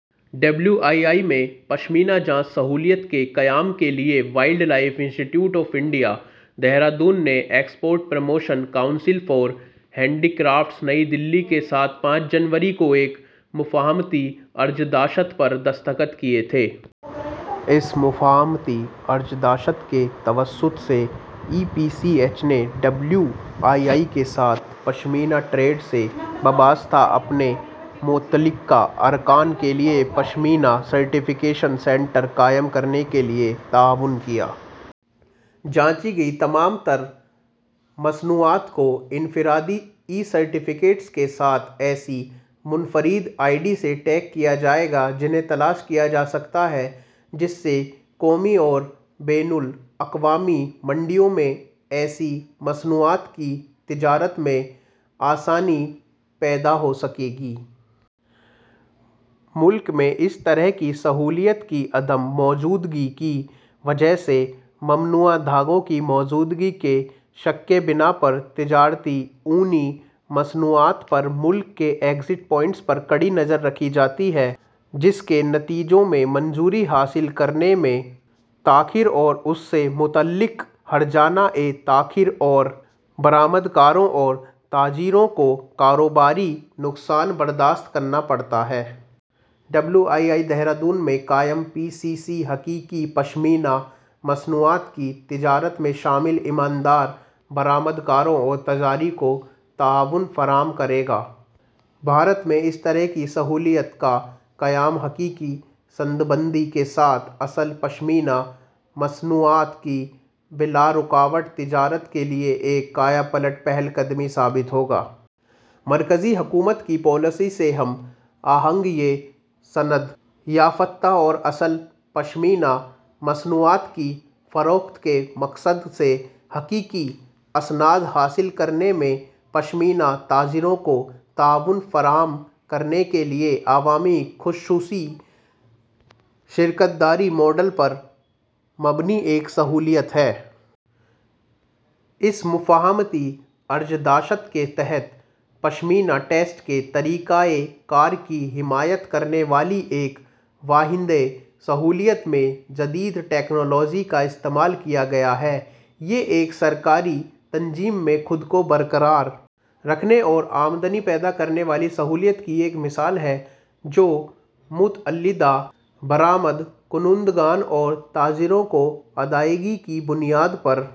W I I میں 'پشمینہ جانچ سہولت' کے قیام کے لیے wildlife institute of India, Dehradun نے export promotion council for handicrafts, نئی دہلی کے ساتھ پانچ جنوری کو ایک 'مفاہمتی عرضداشت' پر دستخط کیے تھے۔ اس مفاہمتی عرضداشت کے توسط سے، ای پی سی ایچ نے ڈبلیو آئی آئی کے ساتھ پشمینہ ٹریڈ سے وابستہ اپنے متعلقہ اراکین کے لیے پشمینہ سرٹیفکیشن سینٹر قائم کرنے کے لیے تعاون کیا۔ چانچی گئیں تمام تر مصنوعات کو انفرادی ای۔ سرٹیفکیٹس کے ساتھ ایسی منفرد آئی ڈی سے ٹیگ کیا جائے گا جنہیں تلاش کیا جا سکتا ہے، جس سے قومی اور بین الاقوامی منڈیوں میں ایسی مصنوعات کی تجارت میں آسانی پیدا ہو سکے گی۔ ملک میں اس طرح کی سہولت کی عدم موجودگی کی وجہ سے، ممنوعہ دھاگوں کی موجودگی کے شک کی بنا پر تجارتی اونی مصنوعات پر ملک کے ایگزٹ پوائنٹس پر کڑی نظر رکھی جاتی ہے، جس کے نتیجے میں منظوری حاصل کرنے میں تاخیر اور اس سے متعلق حرجانہ تاخیر، اور برآمدکاروں اور تاجروں کو مالی/کاروباری نقصان برداشت کرنا پڑتا ہے۔ ڈبلیو آئی آئی، دہرادون میں قائم پی سی سی حقیقی پشمینہ مصنوعات کی تجارت میں شامل ایماندار برآمدکاروں اور تاجروں کو تعاون فراہم کرے گا۔ بھارت میں اس طرح کی سہولت کا قیام حقیقی اسنادبندی کے ساتھ اصل پشمینہ مصنوعات کی بلارکاوٹ تجارت کے لیے ایک کایہ پلٹ پہل قدمی ثابت ہوگا۔ مرکزی حکومت کی پالیسی سے ہم آہنگ، یہ سند یافتہ اور اصل پشمینہ مصنوعات کی فروخت کے مقصد سے حقیقی اسناد حاصل کرنے میں پشمینہ تاجروں کو تعاون فراہم کرنے کے لیے عوامی – نجی شراکت داری ماڈل پر مبنی ایک سہولت ہے۔ اس مفاہمتی عرضداشت کے تحت، پشمینہ ٹیسٹ کے طریقہ کار کی حمایت کرنے والی ایک وہینڈے سہولت میں جدید تکنالوجیوں کا استعمال کیا گیا ہے۔ یہ ایک سرکاری تنظیم میں خود کو برقرار رکھنے اور آمدنی پیدا کرنے والی سہولت کی ایک مثال ہے جو متعلقہ برآمد کنندگان اور تاجروں کو ادائیگی کی بنیاد پر